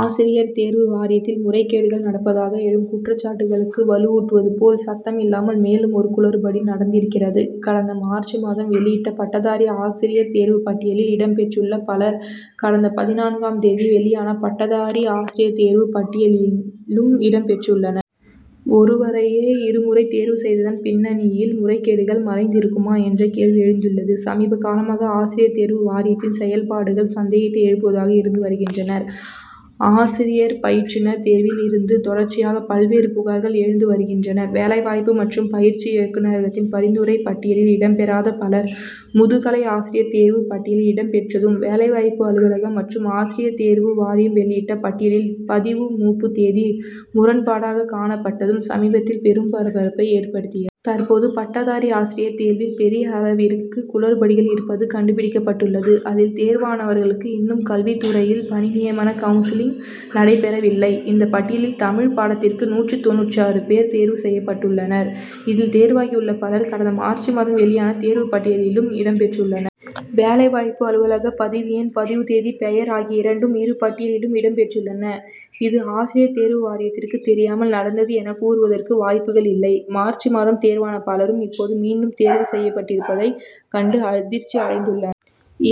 ஆசிரியர் தேர்வு வாரியத்தில் முறைகேடுகள் நடப்பதாக எழும் குற்றச்சாட்டுகளுக்கு வலுவூட்டுவது போல், சத்தம் இல்லாமல் மேலும் ஒரு குளறுபடி நடந்திருக்கிறது. கடந்த மார்ச் மாதம் வெளியிட்ட பட்டதாரி ஆசிரியர் தேர்வுப் பட்டியலில் இடம்பெற்றுள்ள பலர், கடந்த பதினான்காம் தேதி வெளியான பட்டதாரி ஆசிரியர் தேர்வுப் பட்டியலிலும் இடம் பெற்றுள்ளனர். ஒருவரையே, இருமுறை தேர்வு செய்ததன் பின்னணியில், முறைகேடுகள் மறைந்திருக்குமா என்ற கேள்வி எழுந்துள்ளது. சமீப காலமாக, ஆசிரியர் தேர்வு வாரியத்தின் செயல்பாடுகள், சந்தேகத்தை எழுப்புவதாக இருந்து வருகின்றன. ஆசிரியர் பயிற்றுனர் தேர்வில் இருந்து, தொடர்ச்சியாக பல்வேறு புகார்கள் எழுந்து வருகின்றன. வேலைவாய்ப்பு மற்றும் பயிற்சி இயக்குனரகத்தின் பரிந்துரைப் பட்டியலில் இடம்பெறாத பலர், முதுகலை ஆசிரியர் தேர்வுப் பட்டியலில் இடம்பெற்றதும், வேலைவாய்ப்பு அலுவலகம் மற்றும் ஆசிரியர் தேர்வு வாரியம் வெளியிட்ட பட்டியலில் பதிவு மூப்பு தேதி முரண்பாடாக காணப்பட்டதும், சமீபத்தில் பெரும் பரபரப்பை ஏற்படுத்திய. தற்போது, பட்டதாரி ஆசிரியர் தேர்வில் பெரிய அளவிற்கு குளறுபடிகள் இருப்பது கண்டுபிடிக்கப்பட்டுள்ளது. அதில், தேர்வானவர்களுக்கு இன்னும் கல்வித் துறையில் பணி நியமன கவுன்சிலிங் நடைபெறவில்லை. இந்தப் பட்டியலில், தமிழ்ப் பாடத்திற்கு நூற்று தொண்ணூற்றாறு பேர் தேர்வு செய்யப்பட்டுள்ளனர். இதில், தேர்வாகியுள்ள பலர், கடந்த மார்ச் மாதம் வெளியான தேர்வுப் பட்டியலிலும் இடம் பெற்றுள்ளனர். வேலைவாய்ப்பு அலுவலக பதிவு எண், பதிவு தேதி, பெயர் ஆகிய இரண்டும், இரு பட்டியலிலும் இடம் பெற்றுள்ளன. இது, ஆசிரியர் தேர்வு வாரியத்திற்கு தெரியாமல் நடந்தது என கூறுவதற்கு வாய்ப்புகள் இல்லை. மார்ச் மாதம் தேர்வான பலரும், இப்போது மீண்டும் தேர்வு செய்யப்பட்டிருப்பதைக் கண்டு அதிர்ச்சி அடைந்துள்ள.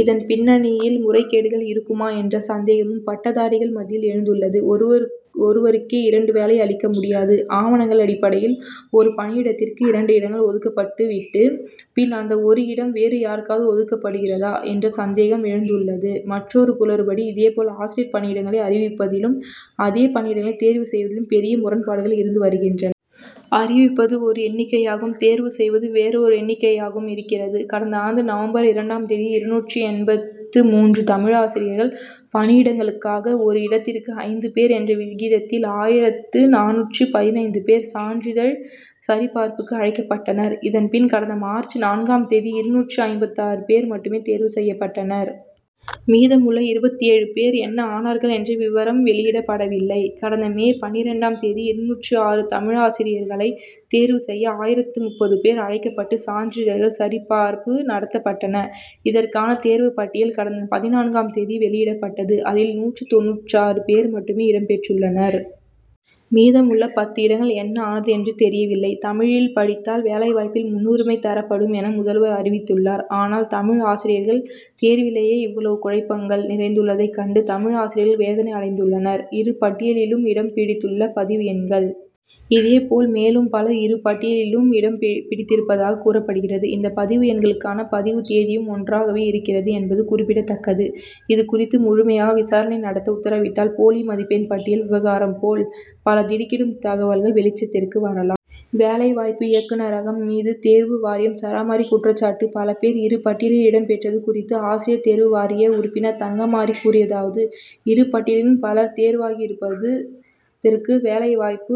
இதன் பின்னணியில், முறைகேடுகள் இருக்குமா என்ற சந்தேகமும், பட்டதாரிகள் மத்தியில் எழுந்துள்ளது. ஒருவருக்கே, இரண்டு வேலை அளிக்க முடியாது. ஆவணங்கள் அடிப்படையில் ஒரு பணியிடத்திற்கு இரண்டு இடங்கள் ஒதுக்கப்பட்டு விட்டு, பின் அந்த ஒரு இடம் வேறு யாருக்காவது ஒதுக்கப்படுகிறதா என்ற சந்தேகம் எழுந்துள்ளது. மற்றொரு குளறுபடி: இதேபோல், ஆசிரியர் பணியிடங்களை அறிவிப்பதிலும், அதே பணியிடங்களை தேர்வு செய்வதிலும் பெரிய முரண்பாடுகள் இருந்து வருகின்ற. அறிவிப்பது ஒரு எண்ணிக்கையாகவும், தேர்வு செய்வது வேறொரு எண்ணிக்கையாகவும் இருக்கிறது. கடந்த ஆண்டு நவம்பர் இரண்டாம் தேதி, இருநூற்று எண்பத்து மூன்று தமிழாசிரியர்கள் பணியிடங்களுக்காக, ஒரு இடத்திற்கு ஐந்து பேர் என்ற விகிதத்தில் ஆயிரத்து நானூற்று பதினைந்து பேர் சான்றிதழ் சரிபார்ப்புக்கு அழைக்கப்பட்டனர். இதன் பின், கடந்த மார்ச் நான்காம் தேதி, இருநூற்று ஐம்பத்தாறு பேர் மட்டுமே தேர்வு செய்யப்பட்டனர். மீதமுள்ள இருபத்தேழு பேர் என்ன ஆனார்கள் என்ற விவரம் வெளியிடப்படவில்லை. கடந்த மே பன்னிரண்டாம் தேதி, இருநூற்று ஆறு தமிழாசிரியர்களை தேர்வு செய்ய ஆயிரத்து முப்பது பேர் அழைக்கப்பட்டு, சான்றிதழ்கள் சரிபார்ப்பு நடத்தப்பட்டன. இதற்கான தேர்வுப் பட்டியல், கடந்த பதினான்காம் தேதி வெளியிடப்பட்டது. அதில், நூற்று தொண்ணூற்றாறு பேர் மட்டுமே இடம் பெற்றுள்ளனர். மீதமுள்ள பத்து இடங்கள் என்ன ஆனது என்று தெரியவில்லை. தமிழில் படித்தால், வேலைவாய்ப்பில் முன்னுரிமை தரப்படும் என முதல்வர் அறிவித்துள்ளார். ஆனால், தமிழ் ஆசிரியர்கள் தேர்விலேயே இவ்வளவு குழப்பங்கள் நிறைந்துள்ளதைக் கண்டு, தமிழ் ஆசிரியர்கள் வேதனை அடைந்துள்ளனர். இரு பட்டியலிலும் இடம் பிடித்துள்ள பதிவு எண்கள்,. இதேபோல், மேலும் பலர் இரு பட்டியலிலும் இடம் பிடித்திருப்பதாகக் கூறப்படுகிறது. இந்த பதிவு எண்களுக்கான, பதிவு தேதியும் ஒன்றாகவே இருக்கிறது என்பது குறிப்பிடத்தக்கது. இது குறித்து, முழுமையாக விசாரணை நடத்த உத்தரவிட்டால், போலி மதிப்பெண் பட்டியல் விவகாரம் போல், பல திடுக்கிடும் தகவல்கள் வெளிச்சத்திற்கு வரலா. வேலைவாய்ப்பு இயக்குனரகம் மீது தேர்வு வாரியம் சரமாரி குற்றச்சாட்டு பல பேர், இரு பட்டியலில் இடம் பெற்றது குறித்து, ஆசிரியர் தேர்வு வாரிய உறுப்பினர் தங்கமாரி கூறியதாவது: இரு பட்டியலிலும் பலர் தேர்வாகியிருப்பதற்கு, வேலைவாய்ப்பு